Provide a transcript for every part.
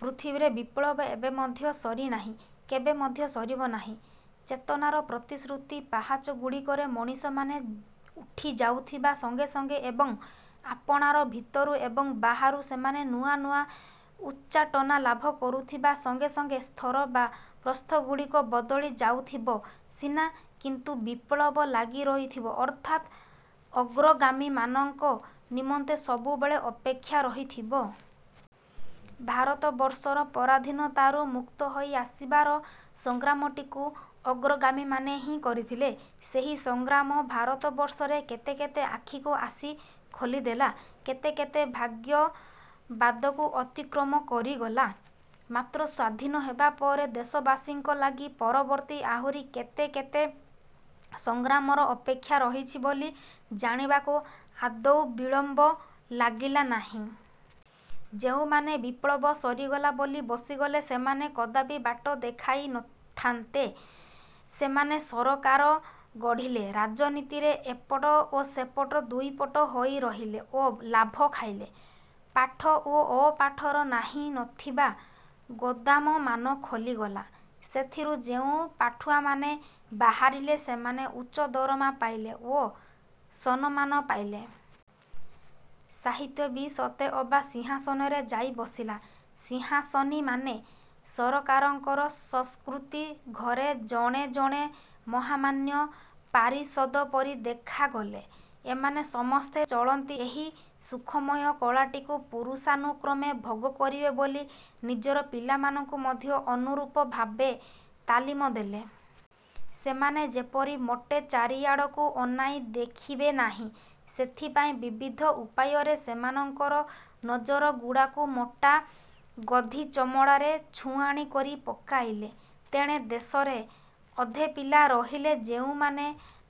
ପୃଥିବୀରେ ବିପ୍ଳବ ଏବେ ମଧ୍ୟ ସରିନାହିଁ, କେବେ ମଧ୍ୟ ସରିବ ନାହିଁ। ଚେତନାର ପ୍ରତିଶ୍ରୁତ ପାହାଚଗୁଡ଼ିକରେ ମଣିଷମାନେ ଉଠି ଯାଉଥିବା ସଙ୍ଗେ ସଙ୍ଗେ ଏବଂ ଆପଣାର ଭିତରୁ ଏବଂ ବାହାରୁ ସେମାନେ ନୂଆ ନୂଆ ଉଚ୍ଚାଟନା ଲାଭ କରୁଥିବା ସଙ୍ଗେ ସଙ୍ଗେ ସ୍ତର ବା ପ୍ରସ୍ଥଗୁଡ଼ିକ ବଦଳି ଯାଉଥିବ ସିନା କିନ୍ତୁ ବିପ୍ଳବ ଲାଗି ରହିଥିବ ଅର୍ଥାତ୍ ଅଗ୍ରଗାମୀ ମାନଙ୍କ ନିମନ୍ତେ ସବୁବେଳେ ଅପେକ୍ଷା ରହିଥିବ। ଭାରତବର୍ଷର ପରାଧିନତାରୁ ମୁକ୍ତ ହୋଇ ଆସିବାର ସଂଗ୍ରାମଟିକୁ ଅଗ୍ରଗାମୀମାନେ ହିଁ କରିଥିଲେ। ସେହି ସଂଗ୍ରାମ ଭାରତବର୍ଷରେ କେତେ କେତେ ଆଖିକୁ ଆସି ଖୋଲିଦେଲା, କେତେ କେତେ ଭାଗ୍ୟବାଦକୁ ଅତିକ୍ରମ କରିଗଲା। ମାତ୍ର ସ୍ୱାଧୀନ ହେବାପରେ ଦେଶବାସୀଙ୍କ ଲାଗି ପରବର୍ତ୍ତୀ ଆହୁରି କେତେ କେତ ସଂଗ୍ରାମର ଅପେକ୍ଷା ରହିଛି ବୋଲି ଜାଣିବାକୁ ଆଦୌ ବିଳମ୍ବ ଲାଗିଲା ନାହିଁ। ଯେଉଁମାନେ ବିପ୍ଳବ ସରିଗଲା ବୋଲି ବସିଗଲେ ସେମାନେ କଦାପି ବାଟ ଦେଖାଇ ନଥାନ୍ତେ। ସେମାନେ ସରକାର ଗଢିଲେ, ରାଜନୀତିରେ ଏପଟ ଓ ସେପଟ ଦୁଇପଟ ହୋଇ ରହିଲେ ଓ ଲାଭ ଖାଇଲେ। ପାଠ ଓ ଅପାଠର ନାହିଁ ନଥିବା ଗୋଦାମମାନ ଖୋଲିଗଲା। ସେଥିରୁ ଯେଉଁ ପାଠୁଆମାନେ ବାହାରିଲେ ସେମାନେ ଉଚ୍ଚ ଦରମା ପାଇଲେ, ଉଚ୍ଚ ସନମାନ ପାଇଲେ। ସାହିତ୍ୟ ବି ସତେଅବା ସିଂହାସନରେ ଯାଇ ବସିଲା। ସିଂହାସନୀମାନେ ସରକାରଙ୍କର ସଂସ୍କୃତି ଘରେ ଜଣେ ଜଣେ ମହାମାନ୍ୟ ପାରିଷଦ ପରି ଦେଖାଗଲେ। ଏମାନେ ସମସ୍ତେ ଚଳନ୍ତି ଏହି ସୁଖମୟ କଳାଟିକୁ ପୁରୁଷାନୁକ୍ରମେ ଭୋଗ କରିବେ ବୋଲି ନିଜର ପିଲାମାନଙ୍କୁ ମଧ୍ୟ ଅନୁରୂପ ଭାବେ ତାଲିମ ଦେଲେ। ସେମାନେ ଯେପରି ମୋଟେ ଚାରିଆଡ଼କୁ ଅନାଇ ଦେଖିବେ ନାହିଁ ସେଥିପାଇଁ ବିବିଧ ଉପାୟରେ ସେମାଙ୍କର ନଜର ଗୁଡ଼ାକୁ ମୋଟା ଗୋଧି ଚମଡ଼ାରେ ଛୁଆଣି କରି ପକାଇଲେ। ତେଣେ ଦେଶରେ ଅଧେ ପିଲା ରହିଲେ ଯେଉଁମାନେ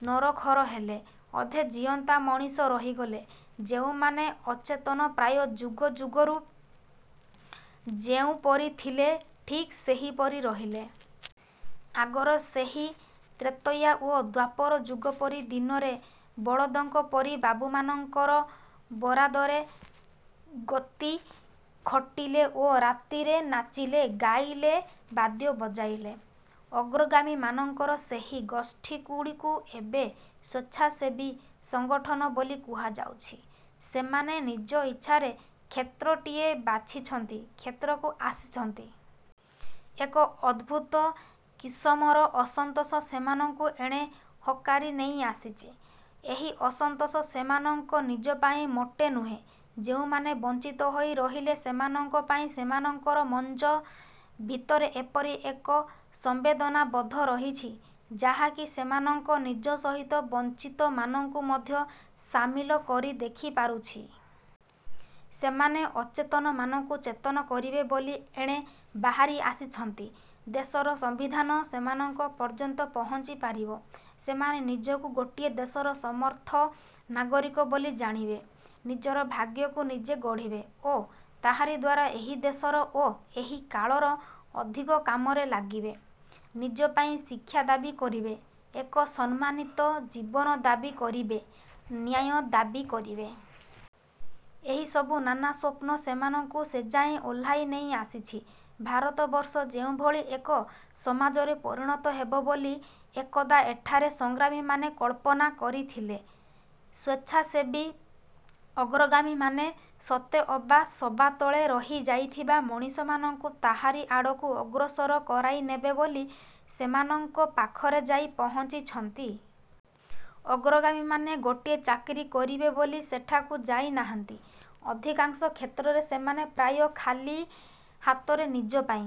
ନରଖର ହେଲେ, ଅଧେ ଜିଅନ୍ତା ମଣିଷ ରହିଗଲେ ଯେଉଁମାନେ ଅଚେତନ ପ୍ରାୟ ଯୁଗ ଯୁଗରୁ ଯେଉଁପରି ଥିଲେ ଠିକ୍ ସେହିପରି ରହିଲେ। ଆଗର ସେହି ତ୍ରେତୟା ଓ ଦ୍ୱାପର ଯୁଗ ପରି ଦିନରେ ବଳଦଙ୍କ ପରି ବାବୁମାନଙ୍କର ବରାଦରେ ଗୋତି ଖଟିଲେ ଓ ରାତିରେ ନାଚିଲେ, ଗାଇଲେ, ବାଦ୍ୟ ବଜାଇଲେ। ଅଗ୍ରଗାମୀମାନଙ୍କର ସେହି ଗୋଷ୍ଠୀଗୁଡ଼ିକୁ ଏବେ ସ୍ୱେଚ୍ଛାସେବୀ ସଂଗଠନ ବୋଲି କୁହାଯାଉଛି। ସେମାନେ ନିଜ ଇଚ୍ଛାରେ କ୍ଷେତ୍ରଟିଏ ବାଛିଛନ୍ତି କ୍ଷେତ୍ରକୁ ଆସିଛନ୍ତି। ଏକ ଅଦ୍ଭୂତ କିସମର ଅସନ୍ତୋଷ ସେମାନଙ୍କୁ ଏଣେ ହକାରି ନେଇ ଆସିଛି। ଏହି ଅସନ୍ତୋଷ ସେମାନଙ୍କ ନିଜ ପାଇଁ ମୋଟେ ନୁହେଁ। ଯେଉଁମାନେ ବଞ୍ଚିତ ହୋଇ ରହିଲେ ସେମାନଙ୍କ ପାଇଁ ସେମାନଙ୍କର ମଞ୍ଜ ଭିତରେ ଏପରି ଏକ ସମ୍ବେଦନାବୋଧ ରହିଛି ଯାହାକି ସେମାନଙ୍କ ନିଜ ସହିତ ବଞ୍ଚିତମାନଙ୍କୁ ମଧ୍ୟ ସାମିଲ କରି ଦେଖିପାରୁଛି। ସେମାନେ ଅଚେତନମାନଙ୍କୁ ଚେତନ କରିବେ ବୋଲି ଏଣେ ବାହାରି ଆସିଛନ୍ତି। ଦେଶର ସମ୍ବିଧାନ ସେମାନଙ୍କ ପର୍ଯ୍ୟନ୍ତ ପହଞ୍ଚି ପାରିବ, ସେମାନେ ନିଜକୁ ଗୋଟିଏ ଦେଶର ସମର୍ଥ ନାଗରିକ ବୋଲି ଜାଣିବେ, ନିଜର ଭାଗ୍ୟକୁ ନିଜେ ଗଢିବେ ଏବଂ ତାହାରି ଦ୍ୱାରା ଏହି ଦେଶର ଓ ଏହି କାଳର ଅଧିକ କାମରେ ଲାଗିବେ, ନିଜ ପାଇଁ ଶିକ୍ଷା ଦାବି କରିବେ, ଏକ ସମ୍ମାନିତ ଜୀବନ ଦାବି କରିବେ, ନ୍ୟାୟ ଦାବି କରିବେ। ଏହିସବୁ ନାନା ସ୍ୱପ୍ନ ସେମାନଙ୍କୁ ସେଯାଏ ଓହ୍ଲାଇ ନେଇ ଆସିଛି। ଭାରତବର୍ଷ ଯେଉଁଭଳି ଏକ ସମାଜରେ ପରିଣତ ହେବ ବୋଲି ଏକଦା ଏଠାରେ ସଂଗ୍ରାମୀମାନେ କଳ୍ପନା କରିଥିଲେ, ସ୍ୱେଚ୍ଛାସେବୀ ଅଗ୍ରଗାମୀମାନେ ସତେ ଅବା ସବାତଳେ ରହି ଯାଇଥିବା ମଣିଷମାନଙ୍କୁ ତାହାରି ଆଡ଼କୁ ଅଗ୍ରସର କରାଇନେବେ ବୋଲି ସେମାନଙ୍କ ପାଖରେ ଯାଇ ପହଞ୍ଚିଛନ୍ତି। ଅଗ୍ରଗାମୀମାନେ ଗୋଟିଏ ଚାକିରି କରିବେ ବୋଲି ସେଠାକୁ ଯାଇନାହାନ୍ତି। ଅଧିକାଂଶ କ୍ଷେତ୍ରରେ ସେମାନେ ପ୍ରାୟ ଖାଲି ହାତରେ ନିଜ ପାଇଁ